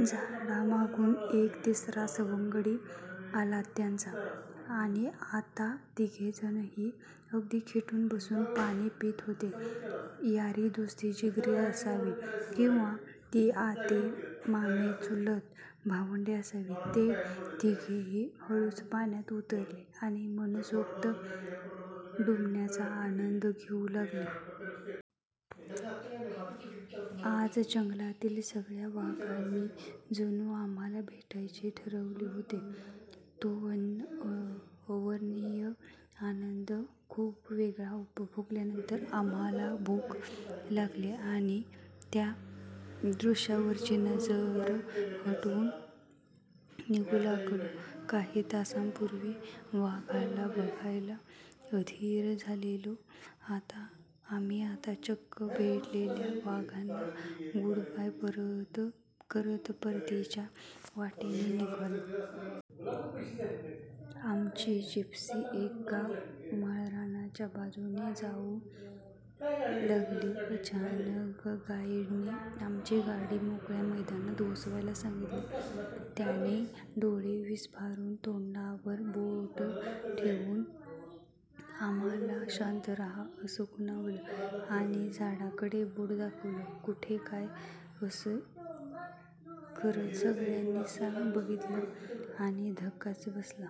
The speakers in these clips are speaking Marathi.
झाडामागून एक तिसरा सवंगडी आला त्यांचा. आता तिघेहीजण अगदी खेटून बसून पाणी पीत होते... यारी-दोस्ती जिगरी असावी किंवा ती आते, मामे, चुलत भावंडं असावीत. ते तिघेही हळूच पाण्यात उतरले आणि मनसोक्त डुंबण्याचा आनंद घेऊ लागले. आज जंगलातील सगळ्या वाघांनी जणू आम्हांला भेटायचं ठरवलं होतं. तो अवर्णनीय आनंद खूप वेळ उपभोगल्यानंतर आम्हांला भूक लागली आणि त्या दृश्यावरची नजर हटवून निघू लागलो. काही तासांपूर्वी वाघाला बघायला अधीर झालेलो आम्ही आता चक्क भेटलेल्या वाघांना गुडबाय करत परतीच्या वाटेने निघालो. आमची जिप्सी एका माळरानाच्या बाजूने जाऊ लागली. अचानक गाईडने आमची गाडी मोकळ्या मैदानात घुसवायला सांगितली. त्याने डोळे विस्फारून तोंडावर बोट ठेवून आम्हांला 'शांत राहा' असं खुणावलं आणि झाडाकडे बोट दाखवलं! कुठे, काय, असं करत सगळ्यांनी बघितलं आणि धक्काच बसला.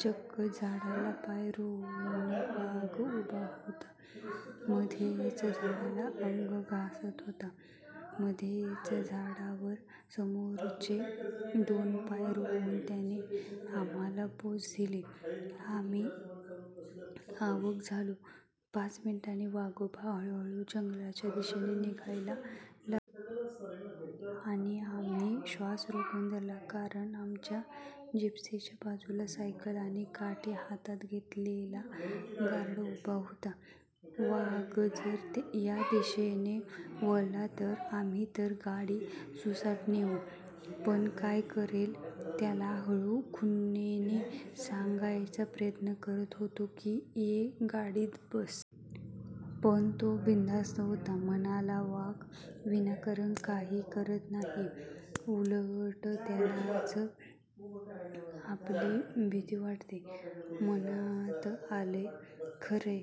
चक्क झाडाला पाय रोवून वाघ उभा होता. मध्येच झाडाला अंग घासत होता. मध्येच झाडावर समोरचे दोन पाय रोवून त्याने आम्हांला पोझ दिली! आम्ही अवाक् झालो. पाच मिनिटांनी वाघोबा हळूहळू जंगलाच्या दिशेने निघायला लागले. आणि आम्ही श्वास रोखून धरला, कारण आमच्या जिप्सीच्या बाजूला सायकल आणि काठी हातात घेतलेला गार्ड उभा होता. वाघ जर या दिशेने वळला तर? आम्ही तर गाडी सुसाट नेऊ, पण हा काय करेल? त्याला हळू खुणेने सांगायचा प्रयत्न करत होतो की, 'ये, गाडीत बस!' पण तो बिनधास्त होता. म्हणाला, 'वाघ विनाकारण काही करत नाही. उलट त्यालाच आपली भीती वाटते!' मनात आलं, खरंय,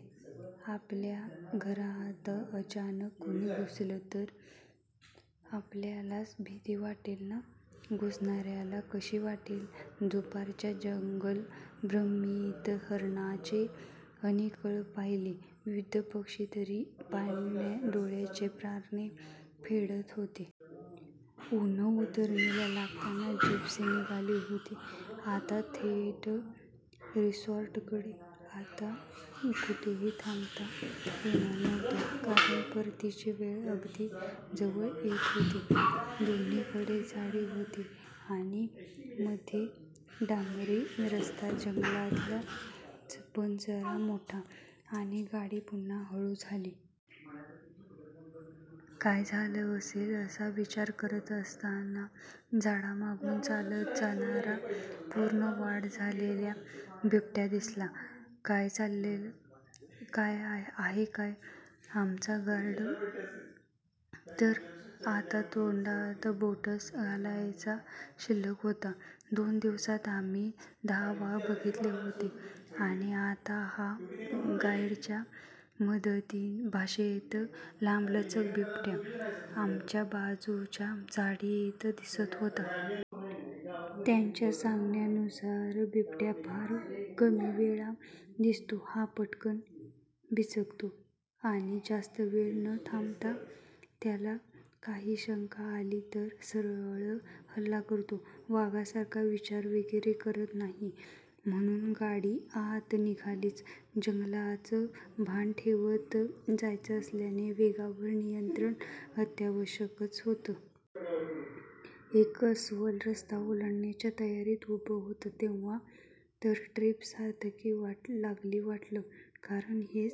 आपल्या घरात अचानक कोणी घुसलं तर आपल्यालाच भीती वाटेल ना? घुसणाऱ्याला कशी वाटेल? दुपारच्या जंगल-भ्रमंतीत हरणांचे अनेक कळप पाहिले, विविध पक्षी तर डोळ्यांचे पारणे फेडत होते. उन्हं उतरणीला लागताना जिप्सी निघाली होती आता थेट रिसॉर्टकडे. आता कुठेही थांबता येणार नव्हतं, कारण परतीची वेळ अगदी जवळ येत होती. दोन्हीकडे झाडी होती आणि मध्ये डांबरी रस्ता. जंगलातलाच, पण जरा मोठा! आणि गाडी पुन्हा हळू झाली. काय झालं असेल असा विचार करत असताना, झाडांमागून चालत जाणारा पूर्ण वाढ झालेला बिबट्या दिसला! काय चाललं आहे काय! आमचा गाईड तर आता तोंडात बोटंच घालायचा शिल्लक होता! दोन दिवसांत आम्ही दहा वाघ बघितले होते आणि आता हा, गाईडच्या भाषेत, 'लंबालचक' बिबट्या आमच्या बाजूच्या झाडीत दिसत होता! त्याच्या सांगण्यानुसार बिबट्या फार कमी वेळा दिसतो. हा पटकन बिचकतो आणि जास्त वेळ न थांबता त्याला काही शंका आली तर सरळ हल्ला करतो! वाघासारखा विचार वगैरे करत नाही! म्हणून गाडी आता निघालीच, जंगलाचं भान ठेवत जायचं असल्याने वेगावर नियंत्रण अत्यावश्यकच होतं! एक अस्वल रस्ता ओलांडण्याच्या तयारीत उभं होतं तेव्हा तर ट्रिप सार्थकी लागली वाटलं, कारण हेच